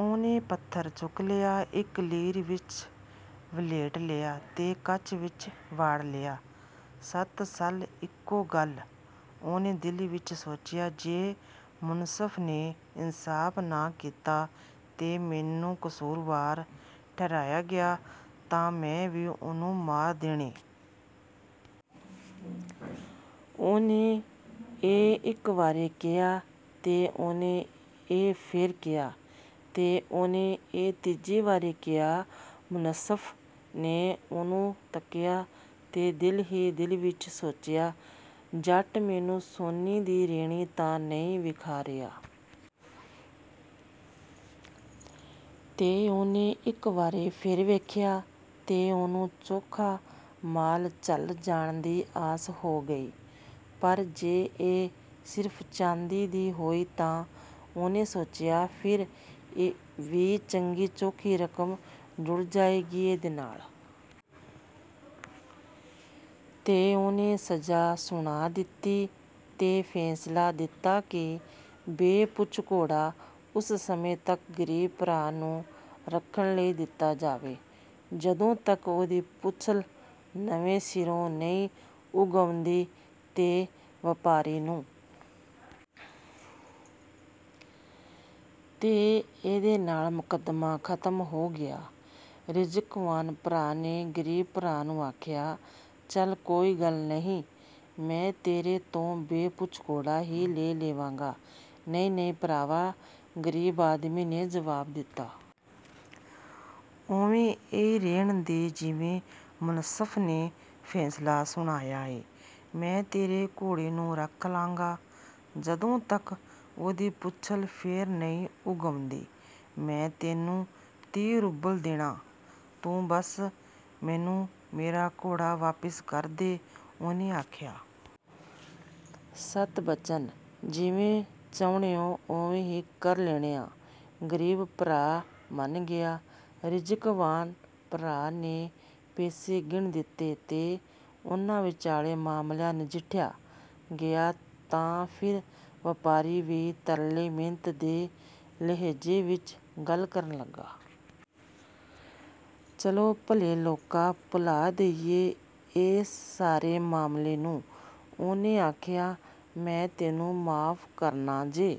ਉਹਨੇ ਪੱਥਰ ਚੁੱਕ ਲਿਆ, ਇੱਕ ਲੀਰ ਵਿੱਚ ਵਲ੍ਹੇਟ ਲਿਆ ਤੇ ਕੱਛ ਵਿੱਚ ਵਾੜ ਲਿਆ। "ਸਤ ਸੱਲ, ਇਕੋ ਗੱਲ," ਉਹਨੇ ਦਿਲ ਵਿੱਚ ਸੋਚਿਆ। "ਜੇ ਮੁਨਸਫ਼ ਨੇ ਇਨਸਾਫ਼ ਨਾ ਕੀਤਾ ਤੇ ਮੈਨੂੰ ਕਸੂਰਵਾਰ ਠਹਿਰਾਇਆ ਗਿਆ, ਤਾਂ ਮੈਂ ਵੀ ਉਹਨੂੰ ਮਾਰ ਦੇਣੈ।" ਉਹਨੇ ਇਹ ਇੱਕ ਵਾਰੀ ਕਿਹਾ, ਤੇ ਉਹਨੇ ਇਹ ਫੇਰ ਕਿਹਾ, ਤੇ ਉਹਨੇ ਇਹ ਤੀਜੀ ਵਾਰੀ ਕਿਹਾ। ਮੁਨਸਫ਼ ਨੇ ਉਹਨੂੰ ਤੱਕਿਆ ਤੇ ਦਿਲ ਹੀ ਦਿਲ ਵਿੱਚ ਸੋਚਿਆ, "ਜੱਟ ਮੈਨੂੰ ਸੋਨੇ ਦੀ ਰੈਣੀ ਤਾਂ ਨਹੀਂ ਵਿਖਾ ਰਿਹਾ?" ਤੇ ਉਹਨੇ ਇੱਕ ਵਾਰੀ ਫੇਰ ਵੇਖਿਆ ਤੇ ਉਹਨੂੰ ਚੋਖਾ ਮਾਲ ਝੱਲ ਜਾਣ ਦੀ ਆਸ ਹੋ ਗਈ। "ਪਰ ਜੇ ਇਹ ਸਿਰਫ਼ ਚਾਂਦੀ ਦੀ ਹੋਈ ਤਾਂ," ਉਹਨੇ ਸੋਚਿਆ, "ਫੇਰ ਵੀ ਚੰਗੀ-ਚੋਖੀ ਰਕਮ ਜੁੜ ਜਾਏਗੀ ਇਹਦੇ ਨਾਲ।" ਤੇ ਉਹਨੇ ਸਜ਼ਾ ਸੁਣਾ ਦਿੱਤੀ ਤੇ ਫ਼ੈਸਲਾ ਦਿੱਤਾ ਕਿ ਬੇ-ਪੂਛ ਘੋੜਾ ਉਸ ਸਮੇਂ ਤੱਕ ਗ਼ਰੀਬ ਭਰਾ ਨੂੰ ਰੱਖਣ ਲਈ ਦਿੱਤਾ ਜਾਵੇ, ਜਦੋਂ ਤੱਕ ਉਹਦੀ ਪੂਛਲ ਨਵੇਂ ਸਿਰੋਂ ਨਹੀਂ ਉੱਗ ਆਉਂਦੀ। ਤੇ ਵਪਾਰੀ ਨੂੰ ਤੇ ਇਹਦੇ ਨਾਲ ਮੁਕੱਦਮਾ ਖ਼ਤਮ ਹੋ ਗਿਆ। ਰਿਜ਼ਕਵਾਨ ਭਰਾ ਨੇ ਗ਼ਰੀਬ ਭਰਾ ਨੂੰ ਆਖਿਆ, "ਚੱਲ, ਕੋਈ ਗੱਲ ਨਹੀਂ, ਮੈਂ ਤੇਰੇ ਤੋਂ ਬੇ-ਪੂਛ ਘੋੜਾ ਈ ਲੈ ਲਵਾਂਗਾ।""ਨਹੀਂ, ਨਹੀਂ, ਭਰਾਵਾ," ਗ਼ਰੀਬ ਆਦਮੀ ਨੇ ਜਵਾਬ ਦਿੱਤਾ। "ਉਵੇਂ ਈ ਰਹਿਣ ਦੇ, ਜਿਵੇਂ ਮੁਨਸਫ਼ ਨੇ ਫ਼ੈਸਲਾ ਸੁਣਾਇਐ। ਮੈਂ ਤੇਰੇ ਘੋੜੇ ਨੂੰ ਰੱਖ ਲਾਂਗਾ, ਜਦੋਂ ਤੱਕ ਉਹਦੀ ਪੂਛਲ ਫੇਰ ਨਹੀਂ ਉੱਗ ਆਉਂਦੀ।" "ਮੈਂ ਤੈਨੂੰ ਤੀਹ ਰੂਬਲ ਦੇਨਾਂ, ਤੂੰ ਬਸ ਮੈਨੂੰ ਮੇਰਾ ਘੋੜਾ ਵਾਪਸ ਕਰ ਦੇ," ਉਹਨੇ ਆਖਿਆ। "ਸਤ ਬਚਨ, ਜਿਵੇਂ ਚਾਹੁਣੈ ਓ, ਉਵੇਂ ਈ ਕਰ ਲੈਣੇ ਆਂ," ਗ਼ਰੀਬ ਭਰਾ ਮੰਨ ਗਿਆ। ਰਿਜ਼ਕਵਾਨ ਭਰਾ ਨੇ ਪੈਸੇ ਗਿਣ ਦਿੱਤੇ ਤੇ ਉਹਨਾਂ ਵਿਚਾਲੇ ਮਾਮਲਾ ਨਜਿੱਠਿਆ ਗਿਆ। ਤਾਂ ਫੇਰ, ਵਪਾਰੀ ਵੀ ਤਰਲੇ-ਮਿੰਨਤ ਦੇ ਲਹਿਜ਼ੇ ਵਿੱਚ ਗੱਲ ਕਰਨ ਲੱਗਾ। "ਚੱਲੋ, ਭਲੇ ਲੋਕਾ, ਭੁਲਾ ਦਈਏ ਏਸ ਸਾਰੇ ਮਾਮਲੇ ਨੂੰ," ਉਹਨੇ ਆਖਿਆ। "ਮੈਂ ਤੈਨੂੰ ਮੁਆਫ਼ ਕਰਨਾ। ਜੇ